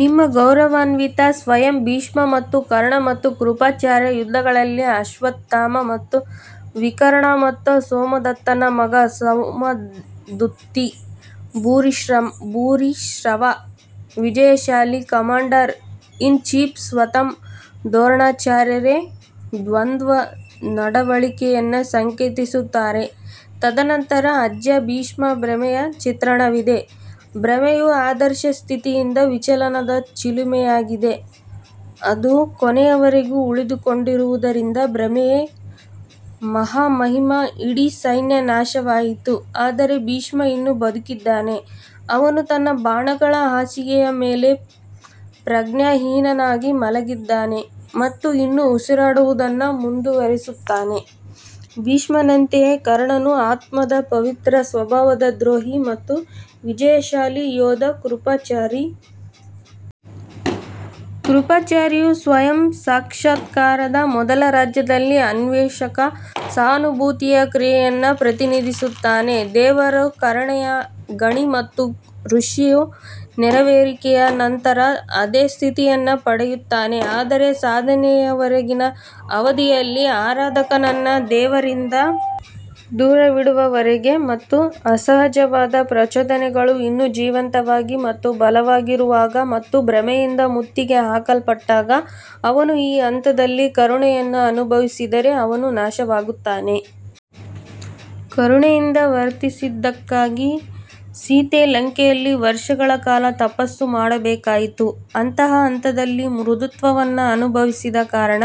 ನಿಮ್ಮ ಗೌರವಾನ್ವಿತ ಸ್ವಯಂ ಭೀಷ್ಮ ಮತ್ತು ಕರ್ಣ ಮತ್ತು ಕೃಪಾಚಾರ್ಯ ಯುದ್ಧಗಳಲ್ಲಿ ಅಶ್ವತ್ಥಾಮ ಮತ್ತು ವಿಕರ್ಣ ಮತ್ತು ಸೋಮದತ್ತನ ಮಗ ಸೌಮದುತ್ತಿ ಭೂರಿಶ್ರವ ವಿಜಯಶಾಲಿ ಕಮಾಂಡರ್ ಇನ್ ಚೀಫ್ ಸ್ವತಃ ದ್ರೋಣಾಚಾರ್ಯರೇ ದ್ವಂದ್ವ ನಡವಳಿಕೆಯನ್ನು ಸಂಕೇತಿಸುತ್ತಾರೆ ತದನಂತರ ಅಜ್ಜ ಭೀಷ್ಮ್ ಭ್ರಮೆಯ ಚಿತ್ರಣವಿದೆ ಭ್ರಮೆಯು ಆದರ್ಶ ಸ್ಥಿತಿಯಿಂದ ವಿಚಲನದ ಚಿಲುಮೆಯಾಗಿದೆ ಅದು ಕೊನೆಯವರೆಗೂ ಉಳಿದುಕೊಂಡಿರುವುದರಿಂದ ಭ್ರಮೆಯೇ ಮಹಾಮಹಿಮ ಇಡೀ ಸೈನ್ಯ ನಾಶವಾಯಿತು ಆದರೆ ಭೀಷ್ಮ ಇನ್ನೂ ಬದುಕಿದ್ದಾನೆ ಅವನು ತನ್ನ ಬಾಣಗಳ ಹಾಸಿಗೆಯ ಮೇಲೆ ಪ್ರಜ್ಞಾಹೀನನಾಗಿ ಮಲಗಿದ್ದಾನೆ ಮತ್ತು ಇನ್ನೂ ಉಸಿರಾಡುವುದನ್ನು ಮುಂದುವರಿಸುತ್ತಾನೆ ಭೀಷ್ಮನಂತೆಯೇ ಕರ್ಣನು ಆತ್ಮದ ಪವಿತ್ರ ಸ್ವಭಾವದ ದ್ರೋಹಿ ಮತ್ತು ವಿಜಯಶಾಲಿ ಯೋಧ ಕೃಪಾಚಾರಿ. ಕೃಪಾಚಾರಿಯು ಸ್ವಯಂ ಸಾಕ್ಷಾತ್ಕಾರದ ಮೊದಲು ರಾಜ್ಯದಲ್ಲಿ ಅನ್ವೇಷಕನ ಸಹಾನುಭೂತಿಯ ಕ್ರಿಯೆಯನ್ನು ಪ್ರತಿನಿಧಿಸುತ್ತಾನೆ ದೇವರು ಕರುಣೆಯ ಗಣಿ ಮತ್ತು ಋಷಿಯು ನೆರವೇರಿಕೆಯ ನಂತರ ಅದೇ ಸ್ಥಿತಿಯನ್ನು ಪಡೆಯುತ್ತಾನೆ ಆದರೆ ಸಾಧನೆಯವರೆಗಿನ ಅವಧಿಯಲ್ಲಿ, ಆರಾಧಕನನ್ನು ದೇವರಿಂದ ದೂರವಿಡುವವರೆಗೆ ಮತ್ತು ಅಸಹಜವಾದ ಪ್ರಚೋದನೆಗಳು ಇನ್ನೂ ಜೀವಂತವಾಗಿ ಮತ್ತು ಬಲವಾಗಿರುವಾಗ ಮತ್ತು ಭ್ರಮೆಯಿಂದ ಮುತ್ತಿಗೆ ಹಾಕಲ್ಪಟ್ಟಾಗ ಅವನು ಈ ಹಂತದಲ್ಲಿ ಕರುಣೆಯನ್ನು ಅನುಭವಿಸಿದರೆ ಅವನು ನಾಶವಾಗುತ್ತಾನೆ. ಕರುಣೆಯಿಂದ ವರ್ತಿಸಿದ್ದಕ್ಕಾಗಿ ಸೀತೆ ಲಂಕೆಯಲ್ಲಿ ವರ್ಷಗಳ ಕಾಲ ತಪಸ್ಸು ಮಾಡಬೇಕಾಯಿತು ಅಂತಹ ಹಂತದಲ್ಲಿ ಮೃದುತ್ವವನ್ನು ಅನುಭವಿಸಿದ ಕಾರಣ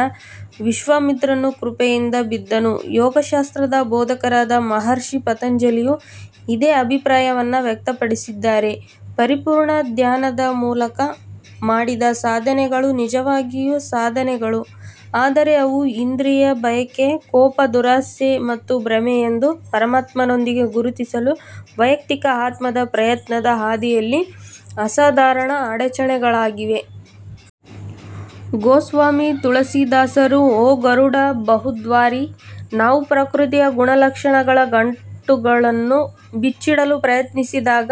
ವಿಶ್ವಾಮಿತ್ರನು ಕೃಪೆಯಿಂದ ಬಿದ್ದನು ಯೋಗಶಾಸ್ತ್ರದ ಬೋಧಕರಾದ ಮಹರ್ಷಿ ಪತಂಜಲಿಯು ಇದೇ ಅಭಿಪ್ರಾಯವನ್ನು ವ್ಯಕ್ತಪಡಿಸಿದ್ದಾರೆ ಪರಿಪೂರ್ಣ ಧ್ಯಾನದ ಮೂಲಕ ಮಾಡಿದ ಸಾಧನೆಗಳು ನಿಜವಾಗಿಯೂ ಸಾಧನೆಗಳು ಆದರೆ ಅವು ಇಂದ್ರಿಯ ಬಯಕೆ ಕೋಪ ದುರಾಶೆ ಮತ್ತು ಭ್ರಮೆ ಎಂದು ಪರಮಾತ್ಮನೊಂದಿಗೆ ಗುರುತಿಸಲು ವೈಯಕ್ತಿಕ ಆತ್ಮದ ಪ್ರಯತ್ನದ ಹಾದಿಯಲ್ಲಿ ಅಸಾಧಾರಣ ಅಡಚಣೆಗಳಾಗಿವೆ. ಗೋಸ್ವಾಮಿ ತುಳಸಿದಾಸರು, ಓ ಗರುಡ ಬಹುದ್ವಾರಿ, ನಾವು ಪ್ರಕೃತಿಯ ಗುಣಲಕ್ಷಣಗಳ ಗಂಟುಗಳನ್ನು ಬಿಚ್ಚಿಡಲು ಪ್ರಯತ್ನಿಸಿದಾಗ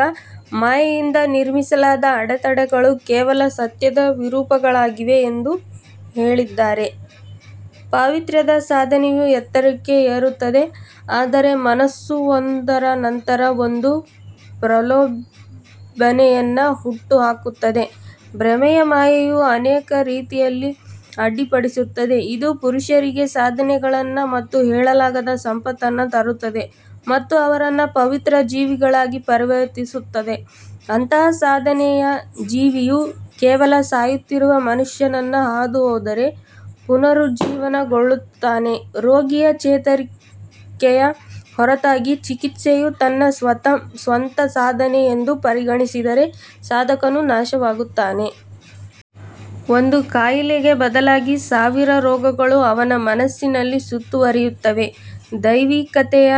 ಮಾಯೆಯಿಂದ ನಿರ್ಮಿಸಲಾದ ಅಡೆತಡೆಗಳು ಕೇವಲ ಸತ್ಯದ ವಿರೂಪಗಳಾಗಿವೆ ಎಂದು ಹೇಳಿದ್ದಾರೆ. ಪಾವಿತ್ರ್ಯದ ಸಾಧನೆಯು ಎತ್ತರಕ್ಕೆ ಏರುತ್ತದೆ ಆದರೆ ಮನಸ್ಸು ಒಂದರ ನಂತರ ಒಂದು ಪ್ರಲೋಭನೆಯನ್ನು ಹುಟ್ಟುಹಾಕುತ್ತದೆ ಭ್ರಮೆಯ ಮಾಯೆಯು ಅನೇಕ ರೀತಿಯಲ್ಲಿ ಅಡ್ಡಿಪಡಿಸುತ್ತದೆ ಇದು ಪುರುಷರಿಗೆ ಸಾಧನೆಗಳನ್ನು ಮತ್ತು ಹೇಳಲಾಗದ ಸಂಪತ್ತನ್ನು ತರುತ್ತದೆ ಮತ್ತು ಅವರನ್ನು ಪವಿತ್ರ ಜೀವಿಗಳಾಗಿ ಪರಿವರ್ತಿಸುತ್ತದೆ ಅಂತಹ ಸಾಧನೆಯ ಜೀವಿಯು ಕೇವಲ ಸಾಯುತ್ತಿರುವ ಮನುಷ್ಯನನ್ನು ಹಾದುಹೋದರೆ ಪುನರುಜ್ಜೀವನಗೊಳ್ಳುತ್ತಾನೆ ರೋಗಿಯ ಚೇತರಿಕೆಯ ಹೊರತಾಗಿಯೂ, ಚಿಕಿತ್ಸೆಯು ತನ್ನ ಸ್ವಂತ ಸಾಧನೆ ಎಂದು ಪರಿಗಣಿಸಿದರೆ ಸಾಧಕನು ನಾಶವಾಗುತ್ತಾನೆ. ಒಂದು ಕಾಯಿಲೆಗೆ ಬದಲಾಗಿ ಸಾವಿರ ರೋಗಗಳು ಅವನ ಮನಸ್ಸಿನಲ್ಲಿ ಸುತ್ತುವರಿಯುತ್ತವೆ, ದೈವಿಕತೆಯ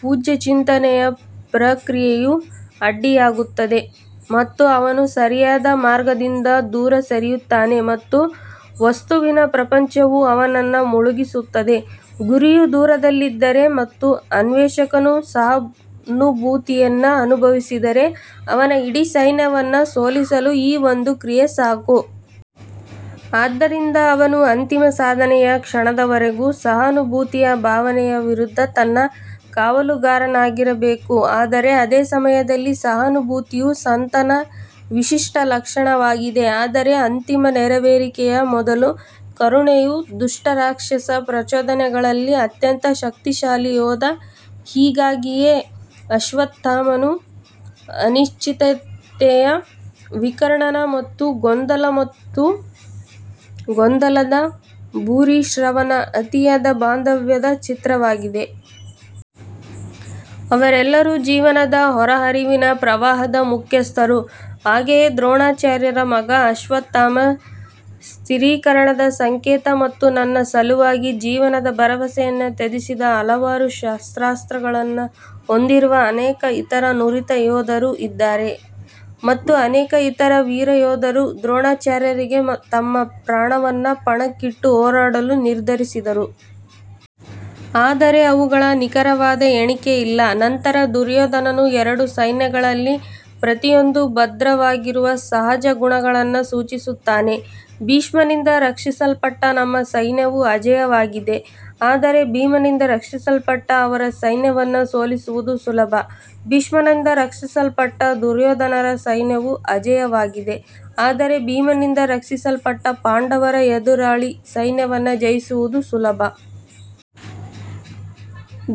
ಪೂಜ್ಯ ಚಿಂತನೆಯ ಪ್ರಕ್ರಿಯೆಯು ಅಡ್ಡಿಯಾಗುತ್ತದೆ ಮತ್ತು ಅವನು ಸರಿಯಾದ ಮಾರ್ಗದಿಂದ ದೂರ ಸರಿಯುತ್ತಾನೆ ಮತ್ತು ವಸ್ತುವಿನ ಪ್ರಪಂಚವು ಅವನನ್ನು ಮುಳುಗಿಸುತ್ತದೆ. ಗುರಿಯು ದೂರದಲ್ಲಿದ್ದರೆ ಮತ್ತು ಅನ್ವೇಷಕನು ಸಹಾನುಭೂತಿಯನ್ನು ಅನುಭವಿಸಿದರೆ, ಅವನ ಇಡೀ ಸೈನ್ಯವನ್ನು ಸೋಲಿಸಲು ಈ ಒಂದು ಕ್ರಿಯೆ ಸಾಕು. ಆದ್ದರಿಂದ ಅವನು ಅಂತಿಮ ಸಾಧನೆಯ ಕ್ಷಣದವರೆಗೂ ಸಹಾನುಭೂತಿಯ ಭಾವನೆಯ ವಿರುದ್ಧ ತನ್ನ ಕಾವಲುಗಾರನಾಗಿರಬೇಕು ಆದರೆ ಅದೇ ಸಮಯದಲ್ಲಿ ಸಹಾನುಭೂತಿಯು ಸಂತನ ವಿಶಿಷ್ಟ ಲಕ್ಷಣವಾಗಿದೆ. ಆದರೆ ಅಂತಿಮ ನೆರವೇರಿಕೆಯ ಮೊದಲು ಕರುಣೆಯು ದುಷ್ಟ ರಾಕ್ಷಸ ಪ್ರಚೋದನೆಗಳಲ್ಲಿ ಅತ್ಯಂತ ಶಕ್ತಿಶಾಲಿ ಯೋಧ ಹೀಗಾಗಿಯೇ ಅಶ್ವತ್ಥಾಮನು ಅನಿಶ್ಚಿತತೆಯ ವಿಕರ್ಣನ ಮತ್ತು ಗೊಂದಲ ಮತ್ತು ಗೊಂದಲದ ಭೂರಿಶ್ರವನ ಅತಿಯಾದ ಬಾಂಧವ್ಯದ ಚಿತ್ರವಾಗಿದೆ. ಅವರೆಲ್ಲರೂ ಜೀವನದ ಹೊರಹರಿವಿನ ಪ್ರವಾಹದ ಮುಖ್ಯಸ್ಥರು ಹಾಗೆಯೇ ದ್ರೋಣಾಚಾರ್ಯರ ಮಗ ಅಶ್ವತ್ಥಾಮ ಸ್ಥಿರೀಕರಣದ ಸಂಕೇತ ಮತ್ತು ನನ್ನ ಸಲುವಾಗಿ ಜೀವನದ ಭರವಸೆಯನ್ನು ತ್ಯಜಿಸಿದ ಹಲವಾರು ಶಸ್ತ್ರಾಸ್ತ್ರಗಳನ್ನು ಹೊಂದಿರುವ ಅನೇಕ ಇತರ ನುರಿತ ಯೋಧರು ಇದ್ದಾರೆ. ಮತ್ತು ಅನೇಕ ಇತರ ವೀರ ಯೋಧರು ದ್ರೋಣಾಚಾರ್ಯರಿಗೆ ತಮ್ಮ ಪ್ರಾಣವನ್ನು ಪಣಕ್ಕಿಟ್ಟು ಹೋರಾಡಲು ನಿರ್ಧರಿಸಿದರು. ಆದರೆ ಅವುಗಳ ನಿಖರವಾದ ಎಣಿಕೆ ಇಲ್ಲ ನಂತರ ದುರ್ಯೋಧನನು ಎರಡು ಸೈನ್ಯಗಳಲ್ಲಿ ಪ್ರತಿಯೊಂದೂ ಭದ್ರವಾಗಿರುವ ಸಹಜ ಗುಣಗಳನ್ನು ಸೂಚಿಸುತ್ತಾನೆ ಭೀಷ್ಮನಿಂದ ರಕ್ಷಿಸಲ್ಪಟ್ಟ ನಮ್ಮ ಸೈನ್ಯವು ಅಜೇಯವಾಗಿದೆ ಆದರೆ ಭೀಮನಿಂದ ರಕ್ಷಿಸಲ್ಪಟ್ಟ ಅವರ ಸೈನ್ಯವನ್ನು ಸೋಲಿಸುವುದು ಸುಲಭ ಭೀಷ್ಮನಿಂದ ರಕ್ಷಿಸಲ್ಪಟ್ಟ ದುರ್ಯೋಧನರ ಸೈನ್ಯವು ಅಜೇಯವಾಗಿದೆ ಆದರೆ ಭೀಮನಿಂದ ರಕ್ಷಿಸಲ್ಪಟ್ಟ ಪಾಂಡವರ ಎದುರಾಳಿ ಸೈನ್ಯವನ್ನು ಜಯಿಸುವುದು ಸುಲಭ.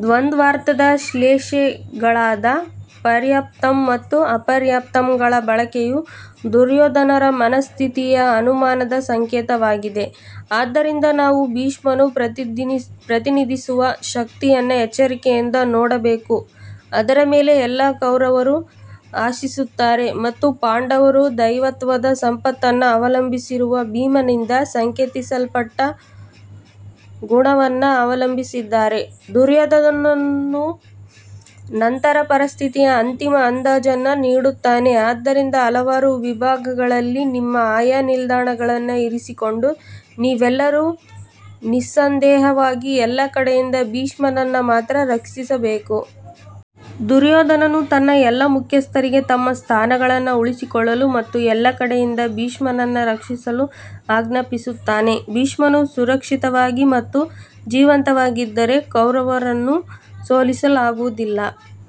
ದ್ವಂದ್ವಾರ್ಥದ ಶ್ಲೇಷೆಗಳಾದ ಪರ್ಯಾಪ್ತಂ ಮತ್ತು ಅಪರ್ಯಾಪ್ತಂಗಳ ಬಳಕೆಯು ದುರ್ಯೋಧನರ ಮನಃಸ್ಥಿತಿಯ ಅನುಮಾನದ ಸಂಕೇತವಾಗಿದೆ. ಆದ್ದರಿಂದ ನಾವು ಭೀಷ್ಮನು ಪ್ರತಿನಿಧಿಸುವ ಶಕ್ತಿಯನ್ನು ಎಚ್ಚರಿಕೆಯಿಂದ ನೋಡಬೇಕು, ಅದರ ಮೇಲೆ ಎಲ್ಲಾ ಕೌರವರು ಆಶಿಸುತ್ತಾರೆ ಮತ್ತು ಪಾಂಡವರು ದೈವತ್ವದ ಸಂಪತ್ತನ್ನು ಅವಲಂಬಿಸಿರುವ ಭೀಮನಿಂದ ಸಂಕೇತಿಸಲ್ಪಟ್ಟ ಗುಣವನ್ನು ಅವಲಂಬಿಸಿದ್ದಾರೆ. ದುರ್ಯೋಧನನು ನಂತರ ಪರಿಸ್ಥಿತಿಯ ಅಂತಿಮ ಅಂದಾಜನ್ನು ನೀಡುತ್ತಾನೆ ಆದ್ದರಿಂದ ಹಲವಾರು ವಿಭಾಗಗಳಲ್ಲಿ ನಿಮ್ಮ ಆಯಾ ನಿಲ್ದಾಣಗಳನ್ನು ಇರಿಸಿಕೊಂಡು ನೀವೆಲ್ಲರೂ ನಿಸ್ಸಂದೇಹವಾಗಿ ಎಲ್ಲಾ ಕಡೆಯಿಂದ ಭೀಷ್ಮನನ್ನು ಮಾತ್ರ ರಕ್ಷಿಸಬೇಕು. ದುರ್ಯೋಧನನು ತನ್ನ ಎಲ್ಲಾ ಮುಖ್ಯಸ್ಥರಿಗೆ ತಮ್ಮ ಸ್ಥಾನಗಳನ್ನು ಉಳಿಸಿಕೊಳ್ಳಲು ಮತ್ತು ಎಲ್ಲಾ ಕಡೆಯಿಂದ ಭೀಷ್ಮನನ್ನು ರಕ್ಷಿಸಲು ಆಜ್ಞಾಪಿಸುತ್ತಾನೆ ಭೀಷ್ಮನು ಸುರಕ್ಷಿತವಾಗಿ ಮತ್ತು ಜೀವಂತವಾಗಿದ್ದರೆ ಕೌರವರನ್ನು ಸೋಲಿಸಲಾಗುವುದಿಲ್ಲ.